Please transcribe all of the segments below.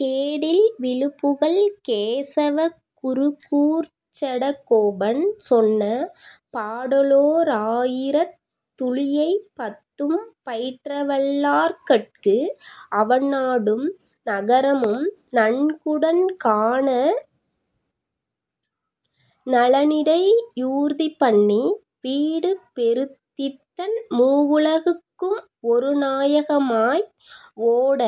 கேடில்வி ழுப்புகழ்க் கேசவ னைக்குரு கூர்ச்சட கோபன் சொன்ன, பாடலோ ராயிரத் துளிவை பத்தும் பயிற்றவல் லார்கட்கு, அவன் நாடும் நகரமும் நன்குடன் காண நலனிடை யூர்தி பண்ணி, வீடும்பெ றுத்தித்தன் மூவுல குக்கும் ஒருநா யகமாய் ஓட,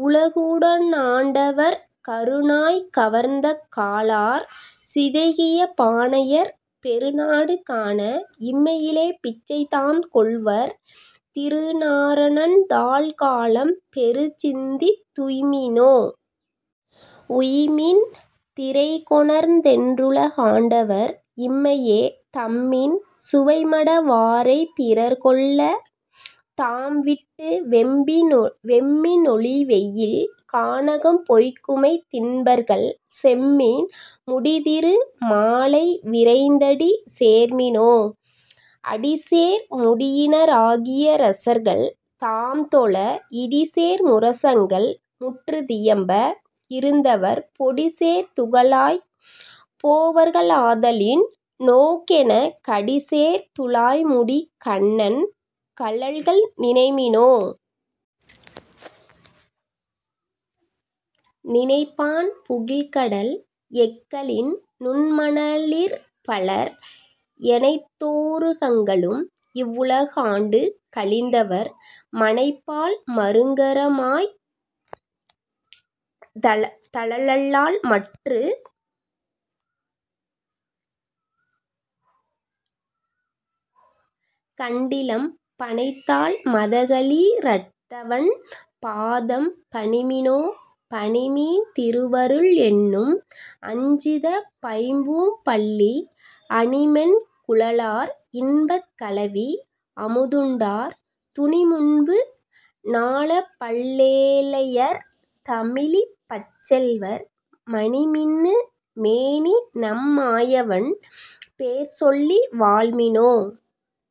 வுலகுட னாண்டவர், கருநாய் கவர்ந்த காலார் சிதைகிய பானையர், பெருநாடு காண இம்மையிலேபிச்சை தாம்கொள்வர், திருநாரணன்தாள் காலம் பெறச்சிந்தித் துய்ம்மினோ.. உய்ம்மின் திறைகொணர்ந் தென்றுலகாண்டவர், இம்மையே தம்மின் சுவைமட வாரைப்பிறர் கொள்ளத் தாம்விட்டு வெம்பிட்டுவெம்மி னொளிவெயில் கானகம்போய்க்குமை தின்பர்கள், செம்மின் முடித்திரு மாலைவிரைந்தடி சேர்மினோ.. அடிசேர் முடியின ராகியரசர்கள் தாம்தொழ, இடிசேர் முரசங்கள் முற்றத்தியம்ப இருந்தவர், பொடிசேர் துகளாய்ப் போவர்களாதலின் நொக்கென கடிசேர் துழாய்முடிக் கண்ணன் கழல்கள் நினைமினோ.. நினைப்பான் புகில்கடல் எக்கலின் நுண்மண லிற்பலர், எனைத்தோ ருகங்களும் இவ்வுல காண்டு கழிந்தவர், மனைப்பால் மருங்கற மாய்தலதலல்லால்மற்றுக் கண்டிலம், பனைத்தாள் மதகளி றட்டவன் பாதம் பணிமினோ.. பணிமின் திருவருள் என்னும்அஞ்சீதப் பைம்பூம்பள்ளி, அணிமென் குழலார் இன்பக்கலவி அமுதுண்டார், துணிமுன்பு நாலப்பல் லேழையர் தமிழிப் பச்செல்வர், மணிமின்னு மேனிநம் மாயவன் பேர்சொல்லி வாழ்மினோ..